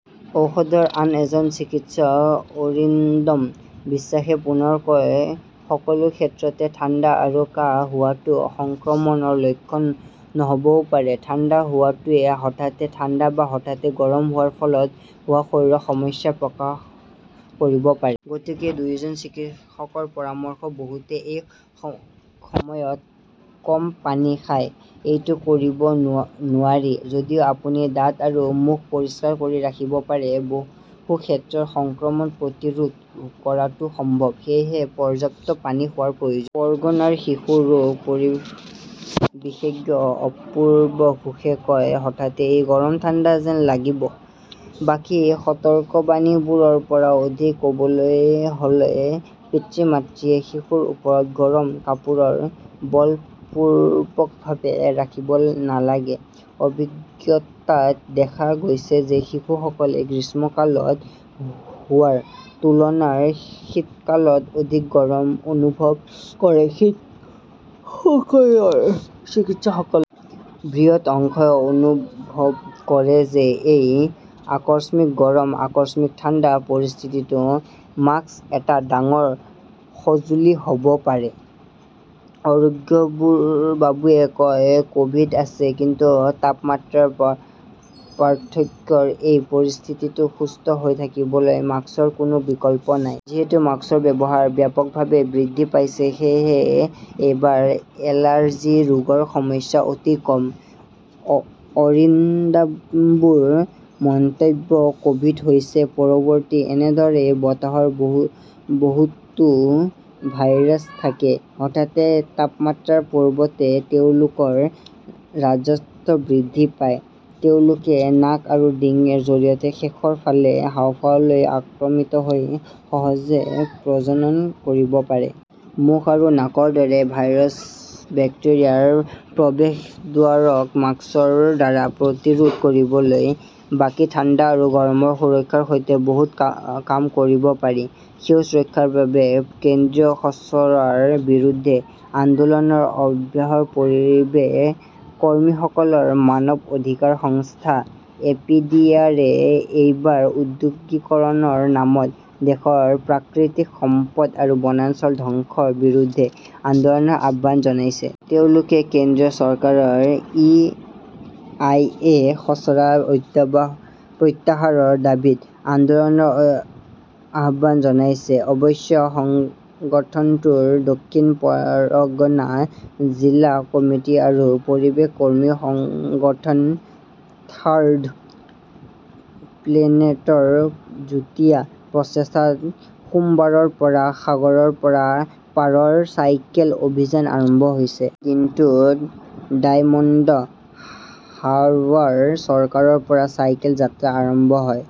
ঔষধৰ আন এজন চিকিৎসক অৰিন্দম বিশ্বাসে পুনৰ কয় সকলো ক্ষেত্ৰতে ঠাণ্ডা আৰু কাহ হোৱাটো সংক্ৰমণৰ লক্ষণ নহ'বও পাৰে। ঠাণ্ডা হোৱাটোৱে হঠাতে ঠাণ্ডা বা হঠাতে গৰম হোৱাৰ ফলত হোৱা শৰীৰৰ সমস্যাৰ প্ৰকাশ কৰিব পাৰে। গতিকে দুয়োজন চিকিৎসকৰ পৰামৰ্শ বহুতে এই সময়ত কম পানী খায়। এইটো কৰিব নোৱাৰি। যদিও আপুনি দাঁত আৰু মুখ পৰিষ্কাৰ কৰি ৰাখিব পাৰে, বহু ক্ষেত্ৰত সংক্ৰমণ প্ৰতিৰোধ কৰাটো সম্ভৱ। সেয়েহে পৰ্যাপ্ত পানী খোৱাৰ প্ৰয়োজন। পৰ্গনাৰ শিশু ৰোগ বিশেষজ্ঞ অপূৰ্বা ঘোষে কয়, হঠাতে এই গৰম-ঠাণ্ডা যেন লাগিব। বাকী সতৰ্কবাণীবোৰৰ পৰা অধিক ক'বলৈ হ'লে পিতৃ-মাতৃয়ে শিশুৰ ওপৰত গৰম কাপোৰ বলপূৰ্বকভাৱে ৰাখিব নালাগে। অভিজ্ঞতাত দেখা গৈছে যে শিশুসকলে গ্ৰীষ্মকালত হোৱাৰ তুলনাত শীতকালত অধিক গৰম অনুভৱ কৰে। চিকিৎসকসকলৰ বৃহৎ অংশই অনুভৱ কৰে যে এই আকস্মিক গৰম, আকস্মিক ঠাণ্ডা, পৰিস্থিতিতো মাস্ক এটা ডাঙৰ সঁজুলি হ'ব পাৰে। অৰুগুবাবুৱে কয়, ক'ভিড আছে। কিন্তু তাপমাত্ৰাৰ পাৰ্থক্যৰ এই পৰিস্থিতিত সুস্থ হৈ থাকিবলৈ মাস্কৰ কোনো বিকল্প নাই। যিহেতু মাস্কৰ ব্যৱহাৰ ব্যাপকভাৱে বৃদ্ধি পাইছে, সেয়েহে এইবাৰ এলাৰ্জি ৰোগৰ সংখ্যা অতি কম। অৰিন্দাম্বুৰ মন্তব্য ক'ভিড হৈছে পৰৱৰ্তী। এনেদৰেই বতাহত বহুতো ভাইৰাছ থাকে। হঠাতে তাপমাত্ৰাৰ পৰিৱৰ্তে তেওঁলোকৰ ৰাজত্ব বৃদ্ধি পায় ,তেওঁলোকে নাক আৰু ডিঙিৰ জৰিয়তে শেষৰ ফালে হাঁওফাঁওলৈ আক্ৰমিত হৈ সহজে প্ৰজনন কৰিব পাৰে। মুখ আৰু নাকৰ দৰে ভাইৰাছ-বেক্টেৰিয়াৰ প্ৰৱেশদ্বাৰক মাস্কৰ দ্বাৰা প্ৰতিৰোধ কৰিলে বাকী ঠাণ্ডা আৰু গৰমৰ সুৰক্ষাৰ সৈতে বহুত কাম কৰিব পাৰি। সেউজ ৰক্ষাৰ বাবে কেন্দ্ৰীয় খচৰাৰ বিৰুদ্ধে আন্দোলনৰ অব্যাহৰ পৰিৱেশ কৰ্মীসকলৰ মানৱ অধিকাৰ সংস্থা এপিডিআৰে এইবাৰ ঔদ্যোগিকৰণৰ নামত দেশৰ প্ৰাকৃতিক সম্পদ আৰু বনাঞ্চল ধ্বংসৰ বিৰুদ্ধে আন্দোলনৰ আহ্বান জনাইছে। তেওঁলোকে কেন্দ্ৰীয় চৰকাৰৰ ই.আই.এ .খচৰা অত্যাবাহ প্ৰত্যাহাৰৰ দাবীত আন্দোলনৰ আহ্বান জনাইছে। অৱশ্যে সংগঠনটোৰ দক্ষিণ পৰগনা জিলা সমিতি আৰু পৰিৱেশ কৰ্মী সংগঠন থাৰ্ড প্লেনেটৰ যুটীয়া প্ৰচেষ্টাত সোমবাৰৰ পৰা সাগৰৰ পৰা পাহাৰৰ চাইকেল অভিযান আৰম্ভ হৈছে। দিনটোত ডায়মণ্ড হাৰ্ৱাৰ চহৰৰ পৰা চাইকেল যাত্ৰা আৰম্ভ হয়।